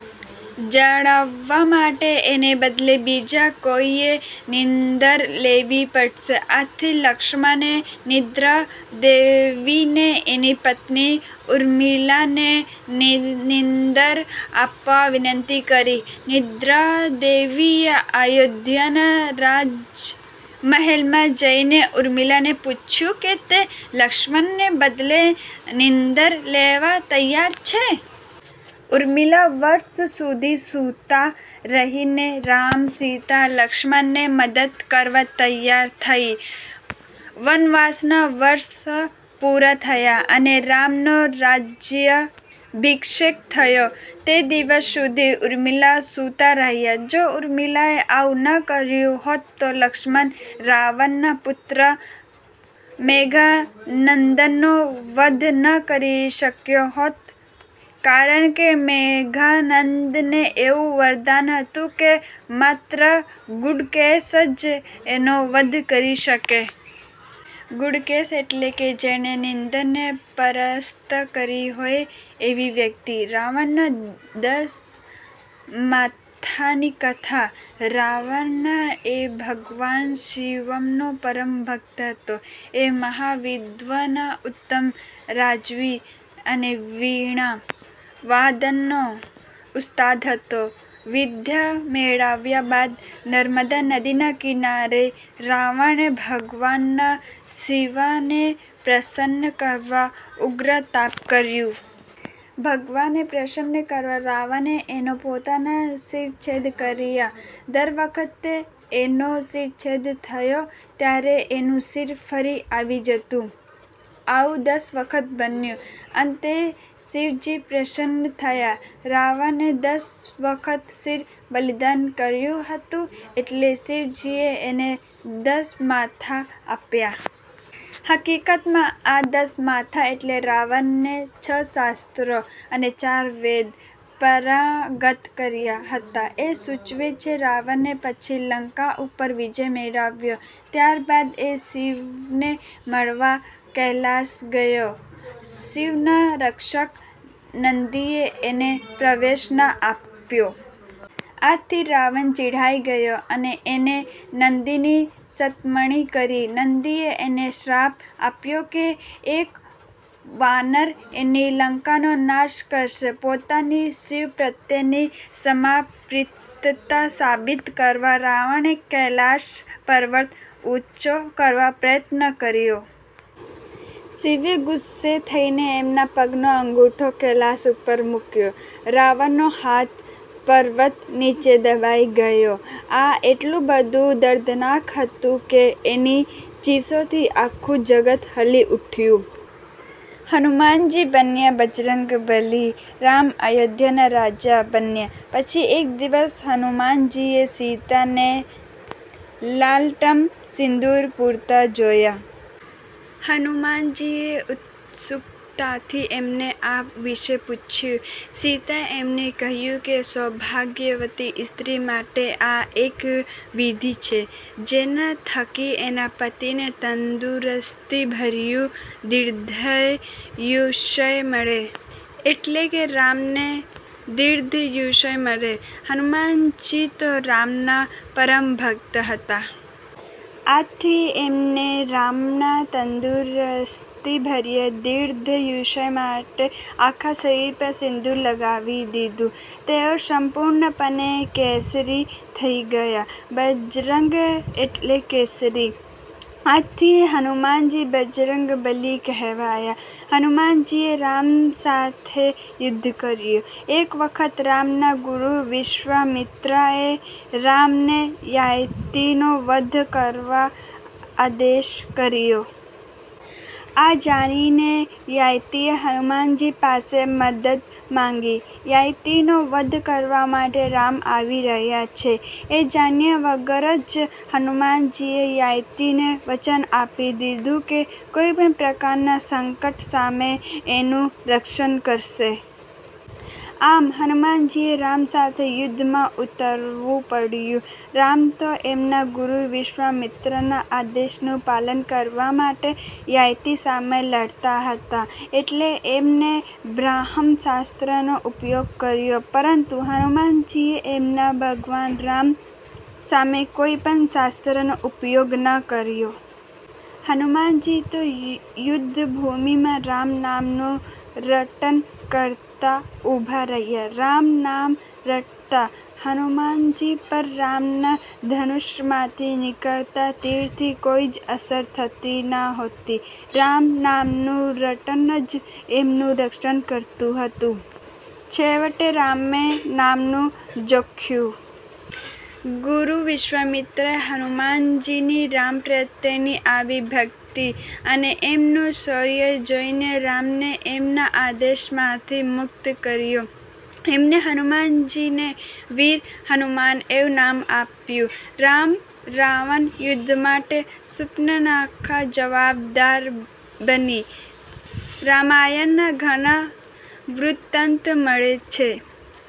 જાળવવા માટે એના બદલે બીજા કોઈએ નીંદર લેવી પડશે. આથી લક્ષ્મણે નિદ્રા દેવીને એની પત્ની ઉર્મિલાને નીંદર આપવા વિનંતી કરી. નિદ્રાદેવીએ અયોધ્યાના રાજમહેલમાં જઈને ઉર્મિલાને પૂછ્યું કે તે લક્ષ્મણને બદલે નીંદર લેવા તૈયાર છે? ઉર્મિલા વર્ષ સુધી સુતાં રહીને રામ, સીતા, લક્ષ્મણને મદદ કરવા તૈયાર થઇ! વનવાસના વર્ષ પુરા થયા અને રામનો રાજયાભિષેક થયો તે દિવસ સુધી ઉર્મિલા સુતાં રહ્યાં. જો ઉર્મિલાએ આવું ન કર્યું હોત તો લક્ષ્મણ, રાવણના પુત્ર મેઘનાદનો વધ ન કરી શક્યો હોત કારણકે મેઘનાદને એવું વરદાન હતું કે માત્ર "ગુડાકેશ" જ એનો વધ કરી શકે. ગુડાકેશ એટલે કે જેણે નિંદરને પરાસ્ત કરી હોય એવી વ્યક્તિ. રાવણના દસ માથાંની કથા રાવણ એ ભગવાન શિવનો પરમ ભક્ત હતો. એ મહાવિદ્વાન, ઉત્તમ રાજવી અને વીણા વાદનનો ઉસ્તાદ હતો. વિદ્યા મેળવ્યા બાદ, નર્મદા નદીને કિનારે રાવણે ભગવાન શિવને પ્રસન્ન કરવા ઉગ્ર તપ કર્યું. ભગવાનને પ્રસન્ન કરવા રાવણે એનો પોતાનો શિરચ્છેદ કર્યો. દર વખતે એનો શિરચ્છેદ થતો ત્યારે એનું શિર ફરી આવી જતું. આવું દસ વખત બન્યું. અંતે શિવજી પ્રસન્ન થયા. રાવણે દસ વખત શિર બલિદાન કર્યું હતું એટલે શિવજીએ એને દસ માથાં આપ્યાં. હકીકતમાં આ દસ માથાં એટલે રાવણે છ શાસ્ત્રો અને ચાર વેદ પારંગત કર્યા હતા એ સૂચવે છે. રાવણે પછી લંકા ઉપર વિજય મેળવ્યો. ત્યાર બાદ એ શિવને મળવા કૈલાશ ગયો. શિવના રક્ષક નંદીએ એને પ્રવેશ ન આપ્યો. આથી રાવણ ચિડાઈ ગયો અને એણે નંદીની સતામણી કરી. નંદીએ એને શ્રાપ આપ્યો કે એક વાનર એની લંકાનો નાશ કરશે! પોતાની શિવ પ્રત્યેની સમર્પિતતા સાબિત કરવા રાવણે કૈલાશ પર્વત ઉંચો કરવા પ્રયત્ન કર્યો. શિવે ગુસ્સે થઈને એમના પગનો અંગુઠો કૈલાશ ઉપર મુક્યો. રાવણનો હાથ પર્વત નીચે દબાઈ ગયો. આ એટલું બધું દર્દનાક હતું કે એની ચીસોથી આખું જગત હલી ઉઠ્યું. હનુમાનજી બન્યા બજરંગ બલી! રામ અયોધ્યાના રાજા બન્યા પછી એક દિવસ હનુમાનજીએ સીતાને લલાટમાં સિંદુર પુરતાં જોયાં. હનુમાનજીએ ઉત્સુકતાથી એમને આ વિષે પૂછ્યું. સીતાએ એમને કહ્યું કે સૌભાગ્યવતી સ્ત્રી માટે આ એક વિધિ છે જેના થકી એના પતિને તંદુરસ્તીભર્યું દીર્ધાયુષ્ય મળે. એટલે કે રામને દીર્ધાયુષ્ય મળે. હનુમાનજી તો રામના પરમ ભક્ત હતા. આથી એમણે રામના તંદુરસ્તીભર્યા દીર્ધાયુષ્ય માટે આખા શરીર પર સિંદુર લગાવી દીધું! તેઓ સંપૂર્ણપણે કેસરી થઇ ગયા! બજરંગ એટલે કેસરી. આથી હનુમાનજી બજરંગબલી કહેવાયા! હનુમાનજીએ રામ સાથે યુદ્ધ કર્યું! એક વખત રામના ગુરુ વિશ્વામિત્રએ રામને યયાતિનો વધ કરવા આદેશ કર્યો. આ જાણીને યયાતિએ હનુમાનજી પાસે મદદ માંગી. યયાતિનો વધ કરવા માટે રામ આવી રહ્યા છે એ જાણ્યા વગર જ હનુમાનજીએ યયાતિને વચન આપી દીધું કે કોઈ પણ પ્રકારના સંકટ સામે એનું રક્ષણ કરશે. આમ, હનુમાનજીએ રામ સાથે યુદ્ધમાં ઉતરવું પડ્યું! રામ તો એમના ગુરુ વિશ્વામિત્રના આદેશનું પાલન કરવા માટે યયાતિ સામે લડતા હતા એટલે એમણે બ્રહ્માસ્ત્રનો ઉપયોગ કર્યો. પરંતુ હનુમાનજીએ એમના ભગવાન રામ સામે કોઈ પણ શસ્ત્રનો ઉપયોગ ન કર્યો. હનુમાનજી તો યુદ્ધભૂમિમાં રામ નામનું રટણ કરતા ઉભા રહ્યા. રામ નામ રટતા હનુમાનજી પર રામના ધનુષમાંથી નીકળતા તીરની કોઈ જ અસર થતી નહોતી. રામ નામનું રટણ જ એમનું રક્ષણ કરતું હતું. છેવટે રામે નમતું જોખ્યું. ગુરુ વિશ્વામિત્રએ હનુમાનજીની રામ પ્રત્યેની આવી ભક્તિ અને એમનું શોર્ય જોઇને રામને એમના આદેશમાંથી મુક્ત કર્યા. એમણે હનુમાનજીને "વીર હનુમાન" એવું નામ આપ્યું. રામ રાવણ યુદ્ધ માટે શુર્પણખા જવાબદાર બની રામાયણના ઘણા વૃત્તાંત મળે છે.